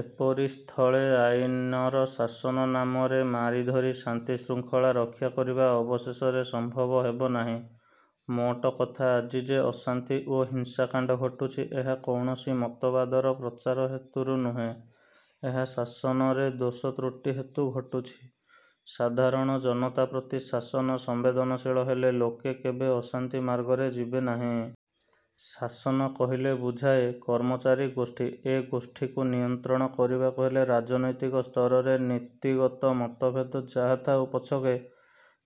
ଏପରି ସ୍ଥଳେ ଆଇନର ଶାସନ ନାମରେ ମାରିଧରି ଶାନ୍ତିଶୃଙ୍ଖଳା ରକ୍ଷାକରିବା ଅବଶେଷରେ ସମ୍ଭବ ହେବ ନାହିଁ। ମୋଟକଥା ଆଜି ଯେ ଅଶାନ୍ତି ଓ ହିସାଂକାଣ୍ଡ ଘଟୁଛି, ଏହା କୌଣସି ମତବାଦର ପ୍ରଚାର ହେତୁରୁ ନୁହେଁ। ଏହା ଶାସନର ଦୋଷ ତ୍ରୁଟି ହେତୁ ଘଟୁଛି। ସାଧାରଣ ଜନତା ପ୍ରତି ଶାସନ ସମ୍ବେଦନଶୀଳ ହେଲେ ଲୋକେ କେବେ ଅଶାନ୍ତି ମାର୍ଗରେ ଯିବେନାହିଁ। ଶାସନ କହିଲେ ବୁଝାଏ, କର୍ମଚାରୀ-ଗୋଷ୍ଠୀ। ଏ ଗୋଷ୍ଠୀକୁ ନିୟନ୍ତ୍ରଣ କରିବାକୁ ହେଲେ ରାଜନୈତିକ ସ୍ତରରେ ନୀତିଗତ ମତଭେଦ ଯାହା ଥାଉ ପଛକେ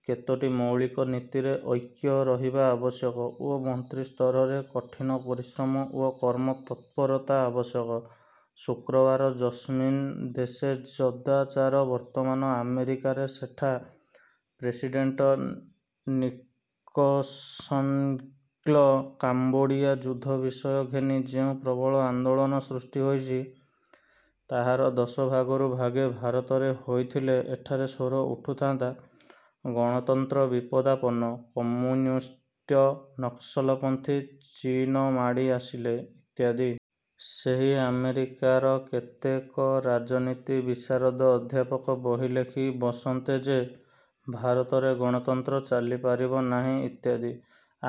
କେତୋଟି ମୌଳିକ ନୀତିରେ ଐକ୍ୟ ରହିବା ଆବଶ୍ୟକ ଓ ମନ୍ତ୍ରିସ୍ତରରେ କଠିନ ପରିଶ୍ରମ ଓ କର୍ମ ତତ୍ପରତା ଆବଶ୍ୟକ। ଶୁକ୍ରବାର ଯସ୍ମିନ୍ ଦେଶେ ଯଦାଚାର ବର୍ତ୍ତମାନ ଆମେରିକାରେ ସେଠା ପ୍ରେସିଡ଼େଣ୍ଟ ନିକସନ୍ଙ୍କ କାମ୍ବୋଡ଼ିଆ ଯୁଦ୍ଧ ବିଷୟ ଘେନି ଯେଉଁ ପ୍ରବଳ ଆନ୍ଦୋଳନ ସୃଷ୍ଟିହୋଇଛି, ତାହାର ଦଶଭାଗରୁ ଭାଗେ ଭାରତରେ ହୋଇଥିଲେ ଏଠାରେ ସ୍ୱର ଉଠୁଥାନ୍ତା ''ଗଣତନ୍ତ୍ର ବିପଦାପନ୍ନ- କମ୍ୟୁନିଷ୍ଟ, ନକ୍ସଲପନ୍ଥୀ-ଚୀନ ମାଡ଼ି ଆସିଲେ'' ଇତ୍ୟାଦି। ସେହି ଆମେରିକାର କେତେକ ରାଜନୀତି ବିଶାରଦ ଅଧ୍ୟାପକ ବହି ଲେଖି ବସନ୍ତେ ଯେ ଭାରତରେ ଗଣତନ୍ତ୍ର ଚାଲିପାରିବ ନାହିଁ ଇତ୍ୟାଦି।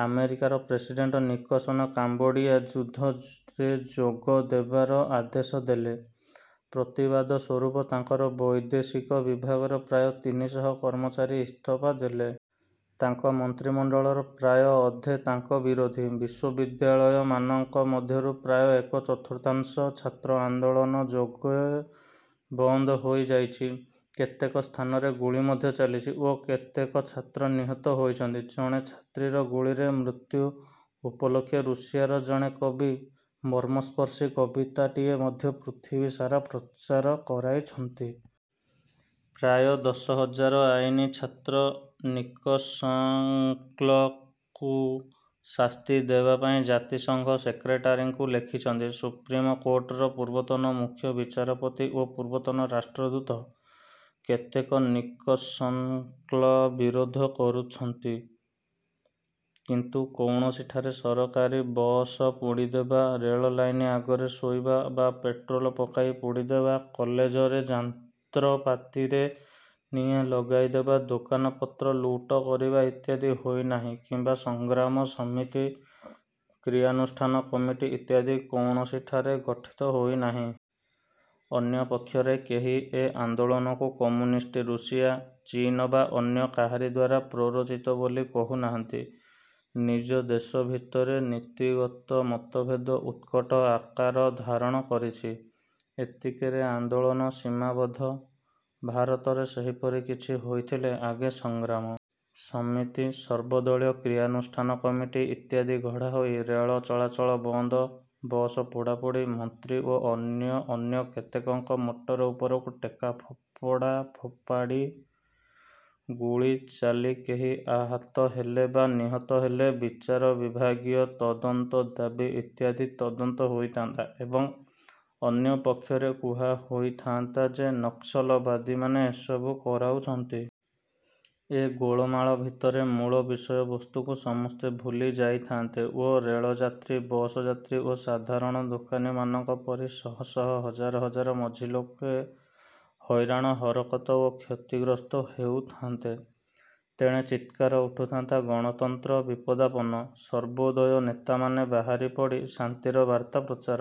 ଆମେରିକାର ପ୍ରେସିଡ଼େଣ୍ଟ ନିକସନ କାମ୍ବୋଡ଼ିଆ ଯୁଦ୍ଧରେ ଯୋଗ ଦେବାର ଆଦେଶ ଦେଲେ। ପ୍ରତିବାଦ ସ୍ୱରୂପ ତାଙ୍କର ବୈଦେଶିକ ବିଭାଗର ପ୍ରାୟ ତିନିଶହ କର୍ମଚାରୀ ଇସ୍ତଫା ଦେଲେ। ତାଙ୍କ ମନ୍ତ୍ରିମଣ୍ଡଳର ପ୍ରାୟ ଅଧେ ତାଙ୍କ ବିରୋଧୀ। ବିଶ୍ୱବିଦ୍ୟାଳୟମାନଙ୍କ ମଧ୍ୟରୁ ପ୍ରାୟ ଏକ ଚତୁର୍ଥାଂଶ ଛାତ୍ର ଆନ୍ଦୋଳନ ଯୋଗେ ବନ୍ଦ ହୋଇ ଯାଇଛି। କେତେକ ସ୍ଥାନରେ ଗୁଳି ମଧ୍ୟ ଚାଲିଛି ଓ କେତେକ ଛାତ୍ର ନିହତ ହୋଇଛନ୍ତି। ଜଣେ ଛାତ୍ରୀର ଗୁଳିରେ ମୃତ୍ୟୁ ଉପଲକ୍ଷେ ରୁଷିଆର ଜଣେ କବି ମର୍ମସ୍ପର୍ଶୀ କବିତାଟିଏ ମଧ୍ୟ ପୃଥିବୀ ସାରା ପ୍ରଚାର କରାଇଛନ୍ତି। ପ୍ରାୟ ଦଶ ହଜାର ଆଇନ ଛାତ୍ର ନିକସନ୍ଙ୍କୁ ଶାସ୍ତି ଦେବାପାଇଁ ଜାତିସଂଘ ସେକ୍ରେଟେରୀଙ୍କୁ ଲେଖିଛନ୍ତି। ସୁପ୍ରୀମ କୋର୍ଟର ପୂର୍ବତନ ମୁଖ୍ୟ ବିଚାରପତି ଓ ପୂର୍ବତନ ରାଷ୍ଟ୍ରଦୂତ କେତେକ ନିକସନ୍ଙ୍କ ବିରୋଧ କରୁଛନ୍ତି; କିନ୍ତୁ କୌଣସିଠାରେ ସରକାରୀ ବସ ପୋଡ଼ିଦେବା, ରେଲ ଲାଇନ ଆଗରେ ଶୋଇବା ବା ପେଟ୍ରୋଲ ପକାଇ ପୋଡ଼ିଦେବା, କଲେଜରେ ଯନ୍ତ୍ରପାତିରେ ନିଆଁ ଲଗାଇଦେବା, ଦୋକାନ ପତ୍ର ଲୁଟ କରିବା ଇତ୍ୟାଦି ହୋଇନାହିଁ କିମ୍ବା 'ସଂଗ୍ରାମ ସମିତି', କ୍ରିୟାନୁଷ୍ଠାନ କମିଟି' ଇତ୍ୟାଦି କୌଣସିଠାରେ ଗଠିତ ହୋଇନାହିଁ। ଅନ୍ୟ ପକ୍ଷରେ କେହି ଏ ଆନ୍ଦୋଳନକୁ କମ୍ୟୁନିଷ୍ଟ ରୁଷିଆ, ଚୀନ ବା ଅନ୍ୟ କାହାରିଦ୍ୱାରା ପ୍ରରୋଚିତ ବୋଲି କହୁ ନାହାନ୍ତି। ନିଜ ଦେଶ ଭିତରେ ନୀତିଗତ ମତଭେଦ ଉତ୍କଟ ଆକାର ଧାରଣ କରିଛି- ଏତିକିରେ ଆନ୍ଦୋଳନ ସୀମାବଦ୍ଧ। ଭାରତରେ ସେହିପରି କିଛି ହୋଇଥିଲେ ଆଗେ 'ସଂଗ୍ରାମ ସମିତି' 'ସର୍ବଦଳୀୟ କ୍ରିୟାନୁଷ୍ଠାନ କମିଟି' ଇତ୍ୟାଦି ଗଢ଼ାହୋଇ ରେଲ ଚଳାଚଳ ବନ୍ଦ, ବସ ପୋଡ଼ାପୋଡ଼ି, ମନ୍ତ୍ରୀ ଓ ଅନ୍ୟ ଅନ୍ୟ କେତେକଙ୍କ ମଟର ଉପରକୁ ଟେକା ଫୋପଡ଼ା ଫୋପାଡ଼ି, ଗୁଳି ଚାଲି କେହି ଆହତ ହେଲେ ବା ନିହତ ହେଲେ ବିଚାର ବିଭାଗୀୟ ତଦନ୍ତ ଦାବି ଇତ୍ୟାଦି ତଦନ୍ତ ହୋଇଥାନ୍ତା ଏବଂ ଅନ୍ୟ ପକ୍ଷରେ କୁହା ହୋଇଥାନ୍ତା ଯେ ନକ୍ସଲବାଦୀମାନେ ଏସବୁ କରାଉଛନ୍ତି। ଏ ଗୋଳମାଳ ଭିତରେ ମୂଳ ବିଷୟବସ୍ତୁକୁ ସମସ୍ତେ ଭୁଲି ଯାଇଥାନ୍ତେ ଓ ରେଲଯାତ୍ରୀ, ବସଯାତ୍ରୀ ଓ ସାଧାରଣ ଦୋକାନୀମାନଙ୍କ ପରି ଶହ ଶହ ହଜାର ହଜାର ମଝି ଲୋକେ ହଇରାଣ ହରକତ ଓ କ୍ଷତିଗ୍ରସ୍ତ ହେଉଥାନ୍ତେ। ତେଣେ ଚିତ୍କାର ଉଠୁଥାନ୍ତା 'ଗଣତନ୍ତ୍ର। ବିପଦାପନ୍ନ' ସର୍ବୋଦୟ ନେତାମାନେ ବାହାରିପଡ଼ି ଶାନ୍ତିର ବାର୍ତ୍ତା ପ୍ରଚାର